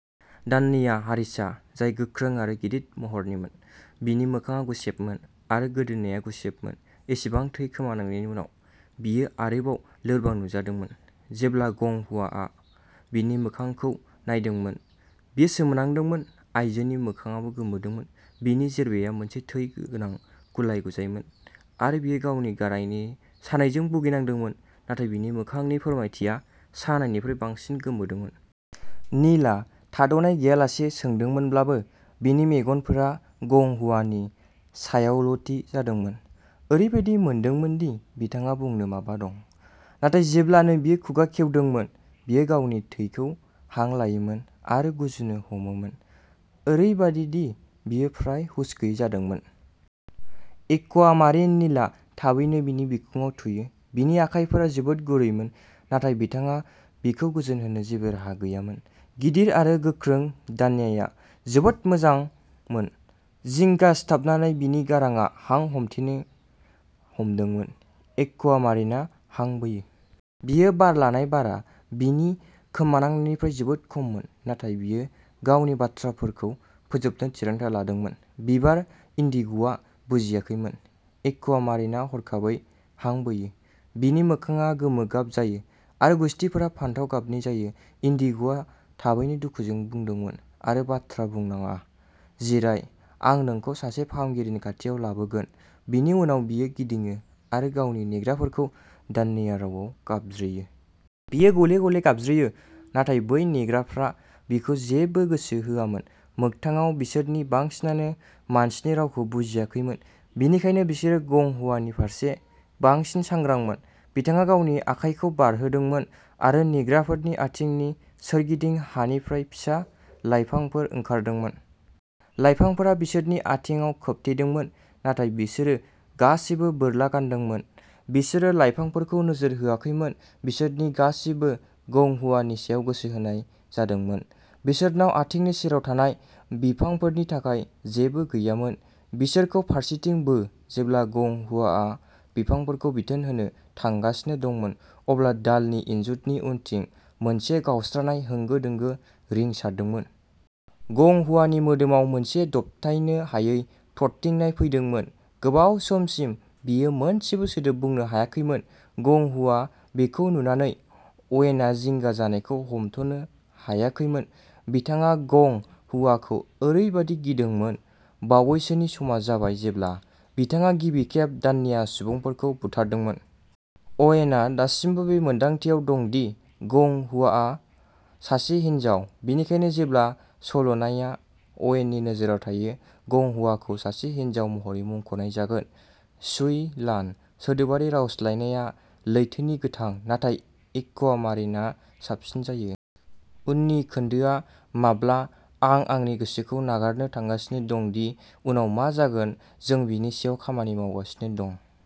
दान्या हारिसा, जाय गोख्रों आरो गिदिर महरनिमोन। बिनि मोखांआ गुसेबमोन, आरो गोदोनाया गुसेबमोन। एसेबां थै खोमानांनायनि उनाव, बियो आरोबाव लोरबां नुजादोंमोन। जेब्ला गं हुआआ बिनि मोखांखौ नायदोंमोन, बियो सोमोनांदोंमोन। आइजोनि मोखांआबो गोमोदोंमोन। बिनि जेरबाआ मोनसे थै गोनां गुलाय-गुजायमोन, आरो बियो गावनि गारायनि सानायजों भुगिनांदोंमोन, नाथाय बिनि मोखांनि फोरमायथिया सानायनिफ्राय बांसिन गोमोदोंमोन। नीलआ थाद'नाय गैयालासे सोंदोंमोनब्लाबो, बिनि मेगनफोरा गं हुआनि सायावल'थि जादोंमोन। ओरैबायदि मोनदोंमोन दि बिथांहा बुंनो माबा दं। नाथाय जेब्लानो बियो खुगा खेवदोंमोन, बियो गावनि थैखौ हांलायोमोन आरो गुजुनो हमोमोन, ओरैबादि दि बियो फ्राय हुस गैयै जादोंमोन। एक्वामारिन नीलआ थाबैनो बिनि बिखुङाव थुयो, बिनि आखाइफोरा जोबोद गुरैमोन। नाथाय बिथाङा बिखौ गोजोन होनो जेबो राहा गैयामोन। गिदिर आरो गोख्रों दान्याआ जोबोद मोजांमोन। जिंगा सिथाबनानै बिनि गारांआ हां हमथेनो हमदोंमोन। एक्वामारिना हां बोयो। बियो बार लानाय बारआ बिनि खोमानांनायनिफ्राय जोबोद खममोन, नाथाय बियो गावनि बाथ्राफोरखौ फोजोबनो थिरांथा लादोंमोन। बिबार, इन्डिग'आ बुजियाखैमोन। एक्वामारिना हरखाबै हां बोयो, बिनि मोखांआ गोमो गाब जायो, आरो गुसथिफोरा फान्थाव गाबनि जायो। इन्डिग'आ थाबैनो दुखुजों बुंदोंमोन, आरो बाथ्रा बुंनाङा, जिराय आं नोंखौ सासे फाहामगिरिनि खाथियाव लाबोगोन बिनि उनाव बियो गिदिङो आरो गावनि नेग्राफोरखौ दान्या रावआव गाबज्रियो। बियो गले-गले गाबज्रियो, नाथाय बै नेग्राफ्रा बिखौ जेबो गोसो होआमोन। मोगथाङाव, बिसोरनि बांसिनानो मानसिनि रावखौ बुजियाखैमोन। बेनिखायनो बिसोरो गं हुआनि फारसे बांसिन सांग्रांमोन। बिथाङा गावनि आखायखौ बारहोदोंमोन, आरो नेग्राफोरनि आथिंनि सोरगिदिं हानिफ्राय फिसा लायफांफोर ओंखारदोंमोन। लायफांफोरा बिसोरनि आथिंआव खोबथेदोंमोन, नाथाय बिसोरो गासैबो बोरला गानदोंमोन, बिसोरो लायफांफोरखौ नोजोर होआखैमोन। बिसोरनि गासैबो। गं हुआनि सायाव गोसो होनाय जादोंमोन, बिसोरनाव आथिंनि सेराव थानाय बिफांफोरनि थाखाय जेबो गैयामोन। बिसोरखौ फारसेथिं बो। जेब्ला गं हुआआ बिफांफोरखौ बिथोन होनो थांगासिनो दंमोन, अब्ला दालनि इनजुरनि उनथिं मोनसे गावस्रानाय होंगो दोंगो रिंसारदोंमोन। गं हुआनि मोदोमाव मोनसे दबथायनो हायै थरथिंनाय फैदोंमोन। गोबाव समसिम, बियो मोनसेबो सोदोब बुंनो हायाखैमोन। गं हुआ बेखौ नुनानै, अवेनआ जिंगा जानायखौ हमथ'नो हायाखैमोन। बिथाङा गं हुआखौ ओरैबादि गिदोंमोन। बावैसोनि समा जाबाय जेब्ला बिथाङा गिबि खेब दान्या सुबुंफोरखौ बुथारदोंमोन। अवेनआ दासिमबो बे मोनदांथियाव दं दि गं हुआआ सासे हिनजाव। बेनिखायनो जेब्ला सल'नायआ अवेननि नोजोराव थायो, गं हुआखौ सासे हिनजाव महरै मुंख'नाय जागोन।, शुइ लान। सोदोबारि रावस्लायनाया लैथोनि गोथां, नाथाय एक्वामारिनआ साबसिन जायो। उननि खोन्दोआ माब्ला आं आंनि गोसोखौ नागारनो थांगासिनो दं दि उनाव मा जागोन जों बेनि सायाव खामानि मावगासिनो दं।